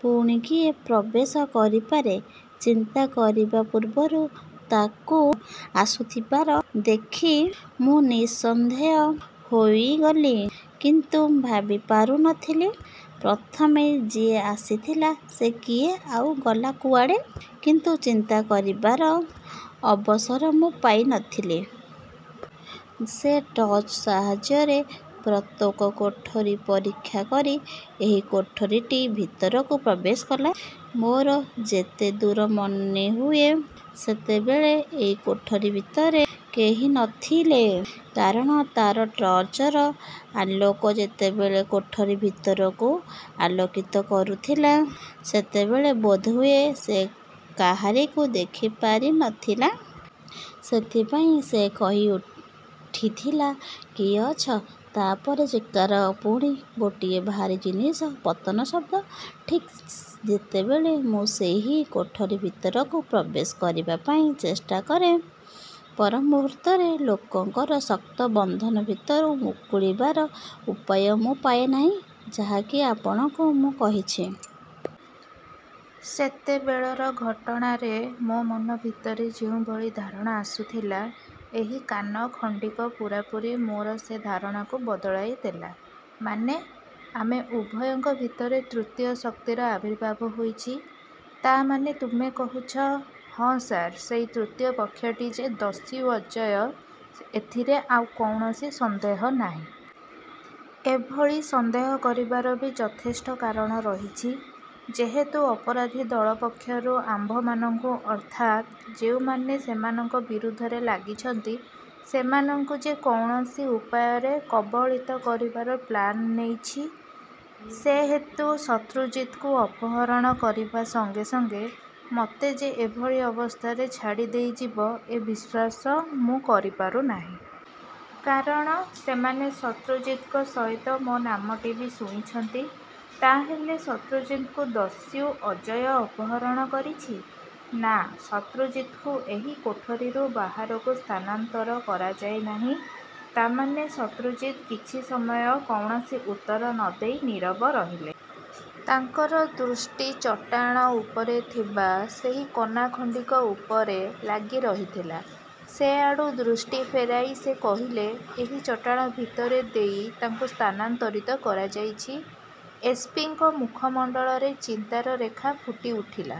ପୁଣି କିଏ ପ୍ରବେଶ କରିପାରେ ଚିନ୍ତା କରିବା ପୂର୍ବରୁ ତାକୁ ଆସୁଥିବାର ଦେଖି ମୁଁ ନିଃସନ୍ଦେହ ହୋଇଗଲି କିନ୍ତୁ ଭାବିପାରୁ ନ ଥିଲି ପ୍ରଥମେ ଯିଏ ଆସିଥିଲା ସେ କିଏ ଆଉ ଗଲା କୁଆଡ଼େ? କିନ୍ତୁ ଚିନ୍ତା କରିବାର ଅବସର ମୁଁ ପାଇ ନ ଥିଲି। ସେ ଟର୍ଚ୍ଚ ସାହାଯ୍ୟରେ ପ୍ରତ୍ୟେକ କୋଠରି ପରୀକ୍ଷା କରି ଏହି କୋଠରିଟି ଭିତରକୁ ପ୍ରବେଶ କଲା। ମୋର ଯେତେଦୂର ମନେହୁଏ ସେତେବେଳେ ଏହି କୋଠରି ଭିତରେ କେହି ନ ଥିଲେ। କାରଣ ତା’ର ଟର୍ଚ୍ଚର ଆଲୋକ ଯେତେବେଳେ କୋଠରି ଭିତରକୁ ଆଲୋକିତ କରୁଥିଲା ସେତେବେଳେ ବୋଧହୁଏ ସେ କାହାରିକୁ ଦେଖି ପାରି ନ ଥିଲା। ସେଇଥିପାଇଁ ସେ କହିଉଠିଥିଲା କିଏ ଅଛ? ତା’ ପରେ ଚିତ୍କାର ପୁଣି ଗୋଟିଏ ଭାରୀ ଜିନିଷ ପତନର ଶବ୍ଦ। ଠିକ୍ ଯେତେବେଳେ ମୁଁ ସେହି କୋଠରି ଭିତରକୁ ପ୍ରବେଶ କରିବା ପାଇଁ ଚେଷ୍ଟା କରେ ପରମୁହୂର୍ତ୍ତରେ ଲୋକଙ୍କର ଶକ୍ତ ବନ୍ଧନ ଭିତରୁ ମୁକୁଳିବାର ଉପାୟ ମୁଁ ପାଏ ନାହିଁ ଯାହା କି ଆପଣଙ୍କୁ ମୁଁ କହିଛି। ସେତେବେଳର ଘଟଣାରେ ମୋ ମନ ଭିତରେ ଯେଉଁଭଳି ଧାରଣା ଆସୁଥିଲା ଏହି କାନ ଖଣ୍ଡିକ ପୂରାପୂରି ମୋର ସେ ଧାରଣାକୁ ବଦଳାଇ ଦେଲା। ମାନେ? ଆମ ଉଭୟଙ୍କ ଭିତରେ ତୃତୀୟ ଶକ୍ତିର ଆବିର୍ଭାବ ହୋଇଛି। ତା’ ମାନେ ତୁମେ କହୁଛ ହଁ ସାର୍ ସେହି ତୃତୀୟ ପକ୍ଷଟି ଯେ ଦସ୍ୟୁ ଅଜୟ ଏଥିରେ ଆଉ କୌଣସି ସନ୍ଦେହ ନାହିଁ। ଏ ଭଳି ସନ୍ଦେହ କରିବାର ବି ଯଥେଷ୍ଟ କାରଣ ରହିଛି। ଯେହେତୁ ଅପରାଧୀ ଦଳ ପକ୍ଷରୁ ଆମ୍ଭମାନଙ୍କୁ ଅର୍ଥାତ୍ ଯେଉଁମାନେ ସେମାନଙ୍କ ବିରୁଦ୍ଧରେ ଲାଗିଛନ୍ତି ସେମାନଙ୍କୁ ଯେ କୌଣସି ଉପାୟରେ କବଳିତ କରିବାର ପ୍ଲାନ୍ ନେଇଛି। ସେହେତୁ ଶତ୍ରୁଜିତ୍‌ଙ୍କୁ ଅପହରଣ କରିବା ସଙ୍ଗେ ସଙ୍ଗେ ମୋତେ ଯେ ଏ ଭଳି ଅବସ୍ଥାରେ ଛାଡ଼ି ଦେଇଯିବ ଏ ବିଶ୍ୱାସ ମୁଁ କରିପାରୁ ନାହିଁ। କାରଣ ସେମାନେ ଶତ୍ରୁଜିତ୍‌ଙ୍କ ସହିତ ମୋ ନାମଟି ବି ଶୁଣିଛନ୍ତି। ତା’ ହେଲେ ଶତ୍ରୁଜିତ୍‌ଙ୍କୁ ଦସ୍ୟୁ ଅଜୟ ଅପହରଣ କରିଛି? ନା ଶତ୍ରୁଜିତ୍‌ଙ୍କୁ ଏହି କୋଠରିରୁ ବାହାରକୁ ସ୍ଥାନାନ୍ତର କରାଯାଇ ନାହିଁ। ତା’ ମାନେ? ଶତ୍ରୁଜିତ୍ କିଛି ସମୟ କୌଣସି ଉତ୍ତର ନ ଦେଇ ନୀରବ ରହିଲେ। ତାଙ୍କର ଦୃଷ୍ଟି ଚଟାଣ ଉପରେ ଥିବା ସେହି କନା ଖଣ୍ଡିକ ଉପରେ ଲାଗି ରହିଥିଲା। ସେ ଆଡ଼ୁ ଦୃଷ୍ଟି ଫେରାଇ ସେ କହିଲେ ଏହି ଚଟାଣ ଭିତର ଦେଇ ତାଙ୍କୁ ସ୍ଥାନାନ୍ତରିତ କରାଯାଇଛି। ଏସ୍ ପି ଙ୍କ ମୁଖମଣ୍ଡଳରେ ଚିନ୍ତାର ରେଖା ଫୁଟିଉଠିଲା।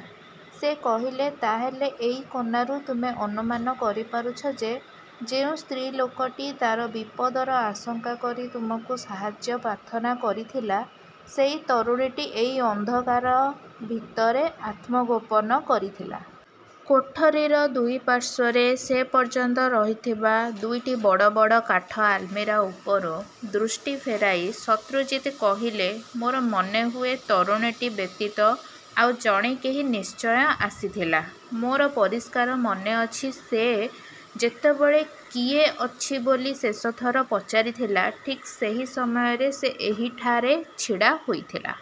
ସେ କହିଲେ ତା’ ହେଲେ ଏଇ କନାରୁ ତୁମେ ଅନୁମାନ କରି ପାରୁଛ ଯେ ଯେଉଁ ସ୍ତ୍ରୀ ଲୋକଟି ତା’ର ବିପଦର ଆଶଙ୍କା କରି ତୁମକୁ ସାହାଯ୍ୟ ପ୍ରାର୍ଥନା କରିଥିଲା ସେହି ତରୁଣୀଟି ଏହି ଅନ୍ଧକାର ଭିତରେ ଆତ୍ମଗୋପନ କରିଥିଲା। କୋଠରିର ଦୁଇ ପାର୍ଶ୍ୱରେ ସେ ପର୍ଯ୍ୟନ୍ତ ରହିଥିବା ଦୁଇଟି ବଡ଼ ବଡ଼ କାଠ ଆଲମିରା ଉପରୁ ଦୃଷ୍ଟି ଫେରାଇ ଶତ୍ରୁଜିତ୍ କହିଲେ ମୋର ମନେହୁଏ ତରୁଣୀଟି ବ୍ୟତୀତ ଆଉ ଜଣେ କେହି ନିଶ୍ଚୟ ଆସିଥିଲା। ମୋର ପରିଷ୍କାର ମନେ ଅଛି ସେ ଯେତେବେଳେ କିଏ ଅଛି ବୋଲି ଶେଷଥର ପଚାରିଥିଲା ଠିକ୍ ସେହି ସମୟରେ ସେ ଏହିଠାରେ ଛିଡ଼ା ହୋଇଥିଲା।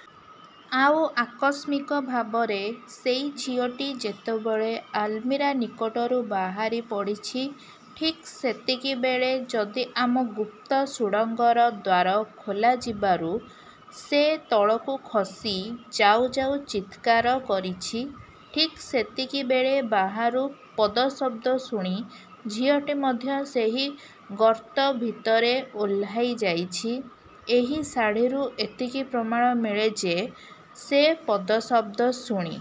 ଆଉ ଆକସ୍ମିକ ଭାବରେ ସେଇ ଝିଅଟି ଯେତେବେଳେ ଆଲମିରା ନିକଟରୁ ବାହାରି ପଡ଼ିଛି ଠିକ୍ ସେତିକିବେଳେ ଯଦି ଆମ ଗୁପ୍ତ ସୁଡ଼ଙ୍ଗର ଦ୍ୱାର ଖୋଲିଯିବାରୁ ସେ ତଳକୁ ଖସି ଯାଉ ଯାଉ ଚିତ୍କାର କରିଛି। ଠିକ୍ ସେତିକିବେଳେ ବାହାରୁ ପଦଶବ୍ଦ ଶୁଣି ଝିଅଟି ମଧ୍ୟ ସେହି ଗର୍ତ୍ତ ଭିତରେ ଓହ୍ଲାଇ ଯାଇଛି। ଏଇ ଶାଢ଼ିରୁ ଏତିକି ପ୍ରମାଣ ମିଳେ ଯେ ସେ ପଦଶବ୍ଦ ଶୁଣି